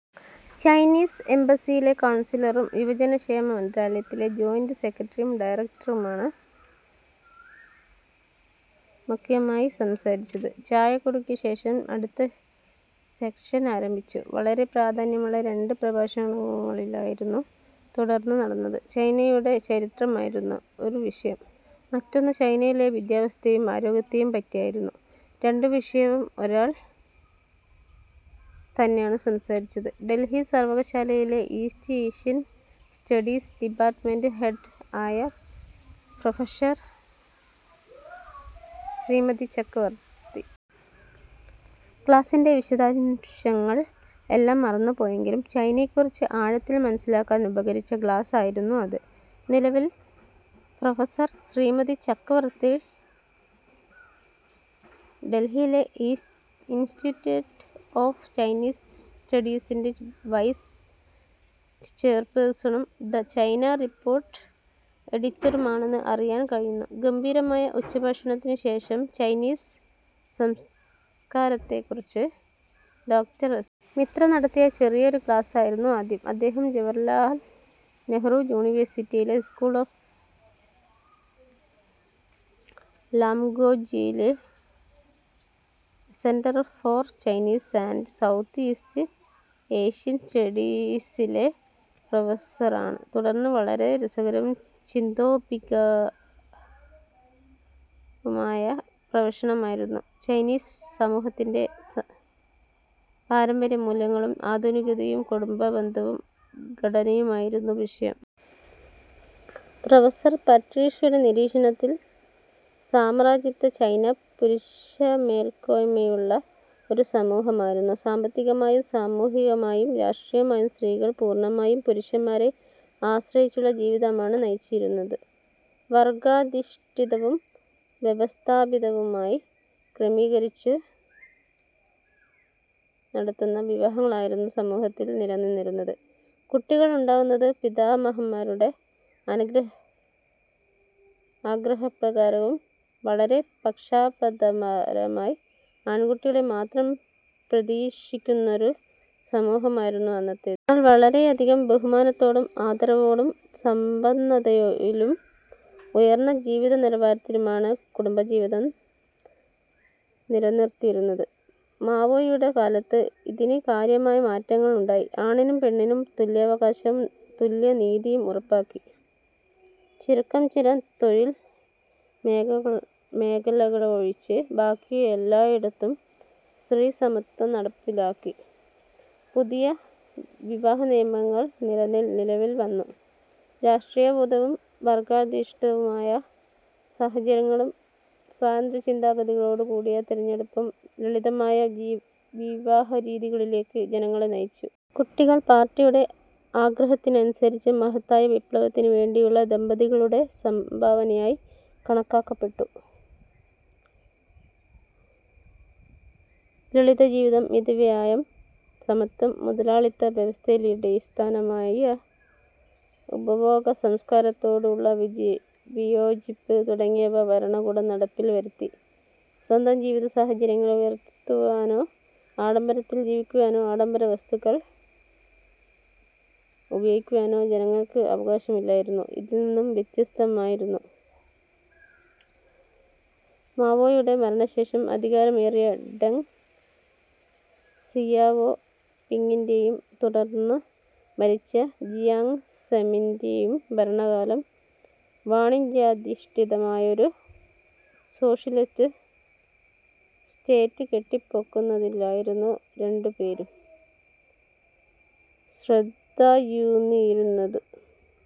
Chinese എംബസിയിലെ കൗൺസിലറും യുവജനക്ഷേമ മന്ത്രാലയത്തിലെ ജോയിൻ്റ് സെക്രട്ടറിയും ഡയറക്ടറുമാണ് മുഖ്യമായും സംസാരിച്ചത്. ചായകുടിക്ക് ശേഷം അടുത്ത സെഷൻ ആരംഭിച്ചു. വളരെ പ്രാധാന്യമുള്ള രണ്ടു പ്രഭാഷണങ്ങളായിരുന്നു തുടർന്ന് നടന്നത്. ചൈനയുടെ ചരിത്രമായിരുന്നു ഒരു വിഷയം. മറ്റൊന്ന് ചൈനയിലെ വിദ്യാഭ്യാസത്തെയും ആരോഗ്യത്തെയും പറ്റിയായിരുന്നു. രണ്ടു വിഷയവും ഒരാൾ തന്നെയാണ് സംസാരിച്ചത്; ഡൽഹി സർവ്വകലാശാലയിലെ east Asian studies department head ആയ പ്രൊഫസർ ശ്രീമതി ചക്രവർത്തി. ക്ലാസിൻ്റെ വിശദാംശങ്ങൾ എല്ലാം മറന്നുപോയെങ്കിലും ചൈനയെക്കുറിച്ച് ആഴത്തിൽ മനസ്സിലാക്കാൻ ഉപകരിച്ച ക്ലാസ്സ് ആയിരുന്നു അത്. നിലവിൽ പ്രൊഫസർ ശ്രീമതി ചക്രവർത്തി ഡൽഹിയിലെ ഇൻസ്റ്റിറ്റ്യൂട്ട് ഓഫ് ചൈനീസ് സ്റ്റഡീസിൻ്റെ വൈസ് ചെയർപേഴ്സണും 'ദ ചൈന റിപ്പോർട്ട്' എഡിറ്ററുമാണെന്ന് അറിയാൻ കഴിയുന്നു. ഗംഭീരമായ ഉച്ചഭക്ഷണത്തിന് ശേഷം ചൈനീസ് സംസ്കാരത്തെക്കുറിച്ച് ഡോക്ടർ എസ്. മിത്ര നടത്തിയ ചെറിയൊരു ക്ലാസ് ആയിരുന്നു ആദ്യം. അദ്ദേഹം ജവഹർലാൽ നെഹ്റു യൂണിവേഴ്സിറ്റിയിലെ സ്കൂൾ ഓഫ് ലാംഗ്വേജിലെ centre for Chinese and south east Asian സ്റ്റഡീസിലെ പ്രൊഫസറാണ്. തുടർന്ന് വളരെ രസകരവും ചിന്തോദ്ദീപകവുമായ പ്രഭാഷണമായിരുന്നു. ചൈനീസ് സമൂഹത്തിൻ്റെ പാരമ്പര്യമൂല്യങ്ങളും ആധുനികതയും, കുടുംബബന്ധവും ഘടനയുമായിരുന്നു വിഷയം. പ്രൊഫസർ പട്രീഷ്യയുടെ നിരീക്ഷണത്തിൽ സാമ്രാജ്യത്വ ചൈന പുരുഷമേൽക്കോയ്മയുള്ള ഒരു സമൂഹമായിരുന്നു. സാമ്പത്തികമായും സാമൂഹികമായും രാഷ്ട്രീയമായും സ്ത്രീകൾ പൂർണ്ണമായും പുരുഷന്മാരെ ആശ്രയിച്ചുള്ള ജീവിതമാണ് നയിച്ചിരുന്നത്. വർഗ്ഗാധിഷ്ഠിതവും വ്യവസ്ഥാപിതവുമായി ക്രമീകരിച്ചു നടത്തുന്ന വിവാഹങ്ങളായിരുന്നു സമൂഹത്തിൽ നിലനിന്നിരുന്നത്. കുട്ടികൾ ഉണ്ടാകുന്നത് പിതാമഹന്മാരുടെ ആഗ്രഹപ്രകാരവും. വളരെ പക്ഷാപാതപരമായി ആൺകുട്ടികളെ മാത്രം പ്രതീക്ഷിക്കുന്നൊരു സമൂഹമായിരുന്നു അന്നത്തേത്. എന്നാൽ വളരെയധികം ബഹുമാനത്തോടും ആദരവോടും സമ്പന്നതയിലും ഉയർന്ന ജീവിതനിലവാരത്തിലുമാണ് കുടുംബജീവിതം നിലനിർത്തിയിരുന്നത്. മാവോയുടെ കാലത്ത് ഇതിന് കാര്യമായ മാറ്റങ്ങൾ ഉണ്ടായി. ആണ്ണിനും പെണ്ണിനും തുല്യാവകാശവും തുല്യനീതിയും ഉറപ്പാക്കി. ചുരുക്കം ചില തൊഴിൽ മേഖലകളിലൊഴിച്ച് ബാക്കിയെല്ലായിടത്തും സ്ത്രീസമത്വം നടപ്പിലാക്കി. പുതിയ വിവാഹനിയമങ്ങൾ നിലവിൽ വന്നു. രാഷ്ട്രീയബോധ്യവും വർഗ്ഗാധിഷ്ഠിതമായ സാഹചര്യങ്ങളും സ്വതന്ത്രചിന്താഗതികളോടുകൂടിയ തിരഞ്ഞെടുപ്പും ലളിതമായ വിവാഹരീതികളിലേക്ക് ജനങ്ങളെ നയിച്ചു. കുട്ടികൾ പാർട്ടിയുടെ ആഗ്രഹത്തിനനുസരിച്ച് മഹത്തായ വിപ്ലവത്തിന് വേണ്ടിയുള്ള ദമ്പതികളുടെ സംഭാവനയായി കണക്കാക്കപ്പെട്ടു. ലളിതജീവിതം, മിതവ്യയം, സമത്വം, മുതലാളിത്ത വ്യവസ്ഥിതിയിലടിസ്ഥാനമായ ഉപഭോഗസംസ്കാരത്തോടുള്ള വിയോജിപ്പ് തുടങ്ങിയവ ഭരണകൂടം നടപ്പിൽ വരുത്തി. സ്വന്തം ജീവിതസാഹചര്യങ്ങൾ ഉയർത്തുവാനോ ആഡംബരത്തിൽ ജീവിക്കുവാനോ ആഡംബര വസ്തുക്കൾ ഉപയോഗിക്കുവാനോ ജനങ്ങൾക്ക് അവകാശമില്ലായിരുന്നു. ഇതിൽ നിന്നും വ്യത്യസ്തമായിരുന്നു മാവോയുടെ മരണശേഷം അധികാരമേറിയ ഡെങ് സിയാവോ പിങ്ങിൻ്റെയും തുടർന്ന് ഭരിച്ച ജിയാങ് സെമിൻ്റെയും ഭരണകാലം. വാണിജ്യാധിഷ്ഠിതമായൊരു സോഷ്യലിസ്റ്റ് സ്റ്റേറ്റ് കെട്ടിപ്പൊക്കുന്നതിലായിരുന്നു രണ്ടുപേരും ശ്രദ്ധയൂന്നിയിരുന്നത്.